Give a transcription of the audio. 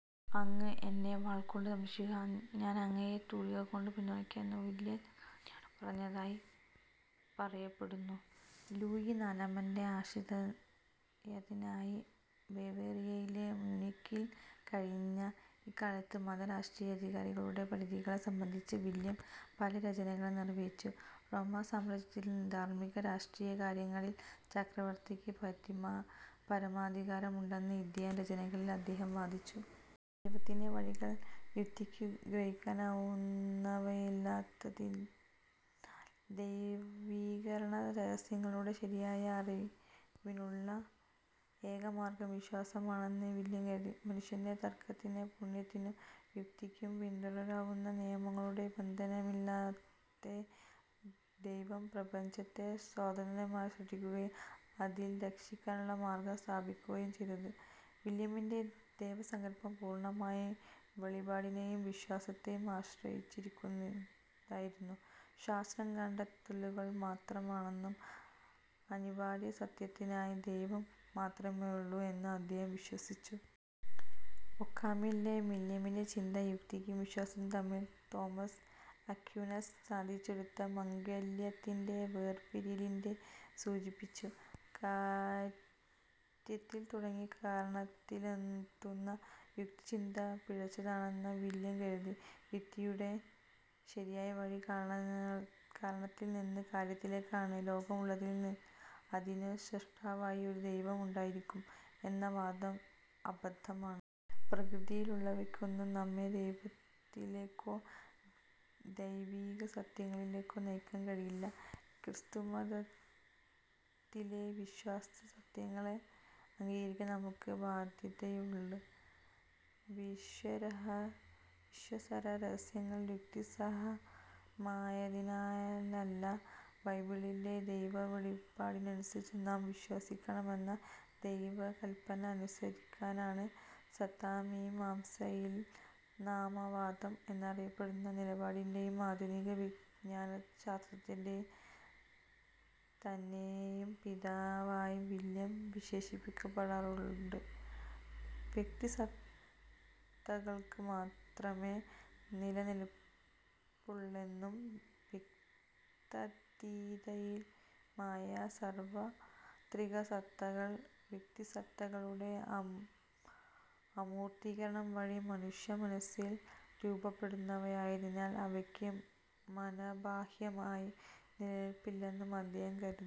"അങ്ങ് എന്നെ വാൾ കൊണ്ടു സരക്ഷിക്കുക; ഞാൻ അങ്ങയെ തൂലിക കൊണ്ടു പിന്തുണയ്ക്കാം" എന്നു വില്യം ചക്രവർത്തിയോടു പറഞ്ഞതായി പറയപ്പെടുന്നു. ലൂയി നാലമന്റെ ആശ്രിയതനായി ബവേറിയയിലെ മ്യൂനിക്കിൽ കഴിഞ്ഞ ഇക്കാലത്ത് മത-രാഷ്ട്രീയാധികാരങ്ങളുടെ പരിധികളെ സംബന്ധിച്ച് വില്യം പല രചനകളും നിർവഹിച്ചു. റോമാസാമ്രാജ്യത്തിൽ ധാർമ്മിക-രാഷ്ട്രീയകാര്യങ്ങളിൽ ചക്രവർത്തിക്ക് പരമാധികാരമുണ്ടെന്ന് ഈ രചനകളിൽ അദ്ദേഹം വാദിച്ചു. ദൈവത്തിന്റെ വഴികൾ യുക്തിക്കു ഗ്രഹിക്കാനാവുന്നവയല്ലാത്തതിനാൽ ദൈവികരഹസ്യങ്ങളുടെ ശരിയായ അറിവിനുള്ള ഏകമാർഗ്ഗം വിശ്വാസമാണെന്ന് വില്യം കരുതി. മനുഷ്യന്റെ തർക്കനൈപുണ്യത്തിനും യുക്തിക്കും പിന്തുടരാവുന്ന നിയമങ്ങളുടെ ബന്ധനമില്ലാതെ ദൈവം പ്രപഞ്ചത്തെ സ്വതന്ത്രമായി സൃഷ്ടിക്കുകയും അതിൽ രക്ഷക്കുള്ള മാർഗ്ഗം സ്ഥാപിക്കുകയുമാണു ചെയ്തത്. വില്യമിന്റെ ദൈവസങ്കല്പം പൂർണ്ണമായും വെളിപാടിനേയും വിശ്വാസത്തേയും ആശ്രയിച്ചുള്ളതായിരുന്നു. ശാസ്ത്രം, കണ്ടെത്തലുകൾ മാത്രമാണെന്നും അനിവാര്യതസത്തയായി ദൈവം മാത്രമേയുള്ളു എന്നും അദ്ദേഹം വിശ്വസിച്ചു. ഓക്കമിലെ വില്യമിന്റെ ചിന്ത, യുക്തിയും വിശ്വാസവും തമ്മിൽ തോമസ് അക്വീനാസ് സാധിച്ചെടുത്ത 'മംഗല്യ'-ത്തിന്റെ വേർപിരിയലിനെ സൂചിപ്പിച്ചു. കാര്യത്തിൽ തുടങ്ങി കാരണത്തിലെത്തുന്ന യുക്തിചിന്ത പിഴച്ചതാണെന്നു വില്യം കരുതി. യുക്തിയുടെ ശരിയായ വഴി കാരണത്തിൽ നിന്ന് കാര്യത്തിലേക്കാണ്. ലോകം ഉള്ളതിനാൽ അതിനു സ്രഷ്ടാവായി ഒരു ദൈവം ഉണ്ടായിരിക്കും എന്ന വാദം അബദ്ധമാണ്. പ്രകൃതിയിലുള്ളവയ്ക്കൊന്നിനും നമ്മെ ദൈവത്തിലേക്കോ ദൈവികസത്യങ്ങളിലേക്കോ നയിക്കാൻ കഴിവില്ല. ക്രിസ്തുമതത്തിലെ വിശ്വാസസത്യങ്ങളെ അംഗീകരിക്കാൻ നമുക്കു ബാദ്ധ്യതയുള്ളത്, വിശ്വാസരഹസ്യങ്ങൾ യുക്തിസഹമായതിനാലല്ല, ബൈബിളിലെ ദൈവവെളിപാടിനനുസരിച്ച് നാം വിശ്വസിക്കണമെന്ന ദൈവകല്പന അനുസരിക്കാനാണ്. സത്താമീമാംസയിൽ നാമവാദം എന്നറിയപ്പെടുന്ന നിലപാടിന്റേയും ആധുനിക വിജ്ഞാനശാസ്ത്രത്തിന്റെ തന്നെയും പിതാവായി വില്യം വിശേഷിപ്പിക്കപ്പെടാറുണ്ട്. വ്യക്തിസത്തകൾക്കു മാത്രമേ നിലനില്പുള്ളെന്നും വ്യക്ത്യതീതമായ സാർവത്രികസത്തകൾ വ്യക്തിസത്തകളുടെ അമൂർത്തീകരണം വഴി മനുഷ്യമനസ്സിൽ രൂപപ്പെടുന്നവയായതിനാൽ അവയ്ക്ക് മനഃബാഹ്യമായി നിലനില്പില്ലെന്നും അദ്ദേഹം കരുതി.